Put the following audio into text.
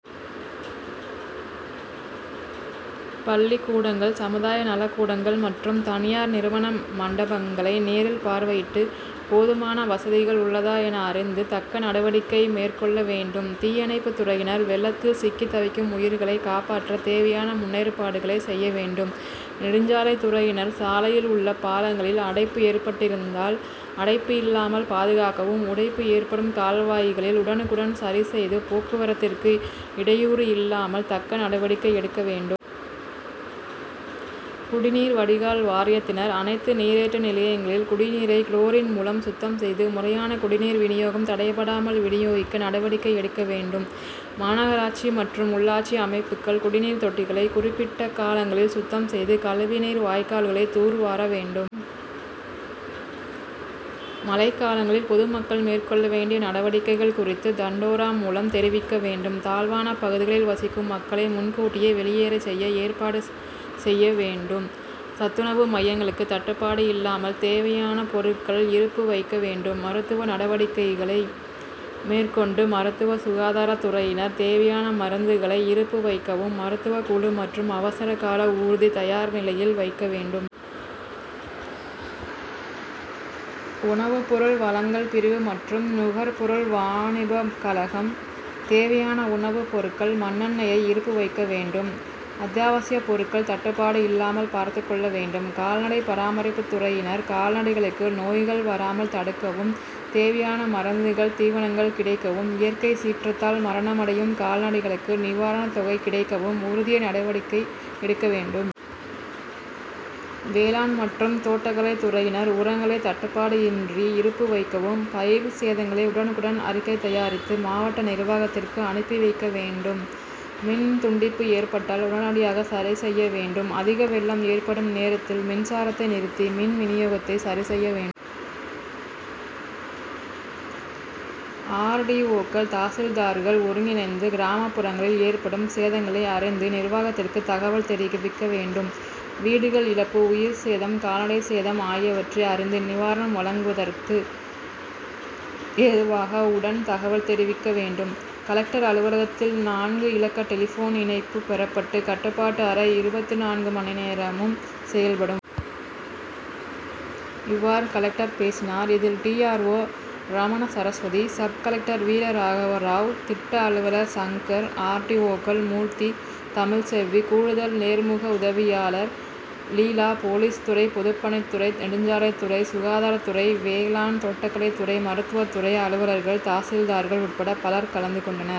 பள்ளிக் கூடங்கள் சமுதாய நலக் கூடங்கள் மற்றும் தனியார் திருமண மண்டபங்களை நேரில் பார்வையிட்டு போதுமான வசதிகள் உள்ளதா என அறிந்து தக்க நடவடிக்கை மேற்கொள்ள வேண்டும். தீயணைப்பு துறையினர் வெள்ளத்தில் சிக்கி தவிக்கும் உயிர்களை காப்பாற்ற தேவையான முன்னேற்பாடுகளை செய்ய வேண்டும். நெடுஞ்சாலைத் துறையினர் சாலையில் உள்ள பாலங்களில் அடைப்பு ஏற்பட்டிருந்தால் அடைப்பு இல்லாமல் பாதுகாக்கவும் உடைப்பு ஏற்படும் கால்வாய்களில் உடனுக்குடன் சரி செய்து போக்குவரத்திற்கு இடையூறு இல்லாமல் தக்க நடவடிக்கை எடுக்க வேண்டும். குடிநீர் வடிகால் வாரியத்தினர் அனைத்து நீரேற்று நிலையங்களில் குடிநீரை குளோரின் மூலம் சுத்தம் செய்து முறையான குடிநீர் வினியோகம் தடைபடாமல் வினியோகிக்க நடவடிக்கை எடுக்க வேண்டும். மாநகராட்சி மற்றும் உள்ளாட்சி அமைப்புகள் குடிநீர் தொட்டிகளை குறிப்பிட்ட காலங்களில் சுத்தம் செய்து கழிவு நீர் வாய்க்கால்களை தூர் வார வேண்டும். மழைக் காலங்களில் பொதுமக்கள் மேற்கொள்ள வேண்டிய நடவடிக்கைகள் குறித்து தண்டோரா மூலம் தெரிவிக்க வேண்டும். தாழ்வான பகுதிகளில் வசிக்கும் மக்களை முன்கூட்டியே வெளியேற செய்ய ஏற்பாடு செய்ய வேண்டும். சத்துணவு மையங்களுக்கு தட்டுப்பாடு இல்லாமல் தேவையான பொருட்கள் இருப்பு வைக்க வேண்டும். மருத்துவ நடவடிக்களை மேற்கொண்டு மருத்துவ சுகாதார துறையினர் தேவையான மருந்துகளை இருப்பு வைக்கவும் மருத்துவ குழு மற்றும் அவசர கால ஊர்தி தயார் நிலையில் வைக்க வேண்டும். உணவு பொருள் வழங்கல் பிரிவு மற்றும் நுகர்பொருள் வாணிப கழகம் தேவையான உணவு பொருட்கள் மண்ணெண்ணெயை இருப்பு வைக்க வேண்டும். அத்யாவசிய பொருட்கள் தட்டுப்பாடு இல்லாமல் பார்த்து கொள்ள வேண்டும். கால்நடை பராமரிப்பு துறையினர் கால்நடைகளுக்கு நோய்கள் பரவாமல் தடுக்கவும் தேயைவான மருந்துகள் தீவனங்கள் கிடைக்கவும் இயற்கை சீற்றத்தால் மரணமடையும் கால்நடைகளுக்கு நிவாரண தொகை கிடைக்கவும் உரிய நடவடிக்கை எடுக்க வேண்டும். வேளாண் மற்றும் தோட்டக்கலைத் துறையினர் உரங்களை தட்டுப்பாடு இன்றி இருப்பு வைக்கவும் பயிர் சேதங்களை உடனுக்குடன் அறிக்கை தயாரித்து மாவட்ட நிர்வாகத்திற்கு அனுப்பி வைக்க வேண்டும். மின் துண்டிப்பு ஏற்பட்டால் உடனடியாக சரி செய்ய வேண்டும். அதிக வெள்ளம் ஏற்படும் நேரத்தில் மின்சாரத்தை நிறுத்தி மின் வினியோகத்தை சரி செய்ய வேண்டும். ஆர். டி. ஓக்கள் தாசில்தார்கள் ஒருங்கிணைந்து கிராமப்புறங்களில் ஏற்படும் சேதங்களை அறிந்து நிர்வாகத்திற்கு தகவல் தெரிவிக்க வேண்டும். வீடுகள் இழப்பு உயிர் சேதம் கால்நடை சேதம் ஆகியவற்றை அறிந்து நிவாரணம் வழங்குவதற்கு ஏதுவாக உடன் தகவல் தெரிவிக்க வேண்டும். கலெக்டர் அலுவலகத்தில் நான்கு இலக்க டெலிபோன் இணைப்பு பெறப்பட்டு கட்டுப்பாட்டு அறை இருபத்து நான்கு மணி நேரமும் செயல்படும். இவ்வாறு கலெக்டர் பேசினார். இதில் D. R. O Ramana Saraswathi sub collector வீரராகவராவ் திட்ட அலுவலர் சங்கர் ஆர். டி. ஓக்கள் மூர்த்தி தமிழ்செல்வி கூடுதல் நேர்முக உதவியாளர் லீலா போலீஸ் துறை பொதுப்பணித் துறை நெடுஞ்சாலைத் துறை சுகாதார துறை வேளாண் தோட்டக்கலைத் துறை மருத்துவ துறை அலுவலர்கள் தாசில்தார்கள் உட்பட பலர் கலந்து கொண்டனர்.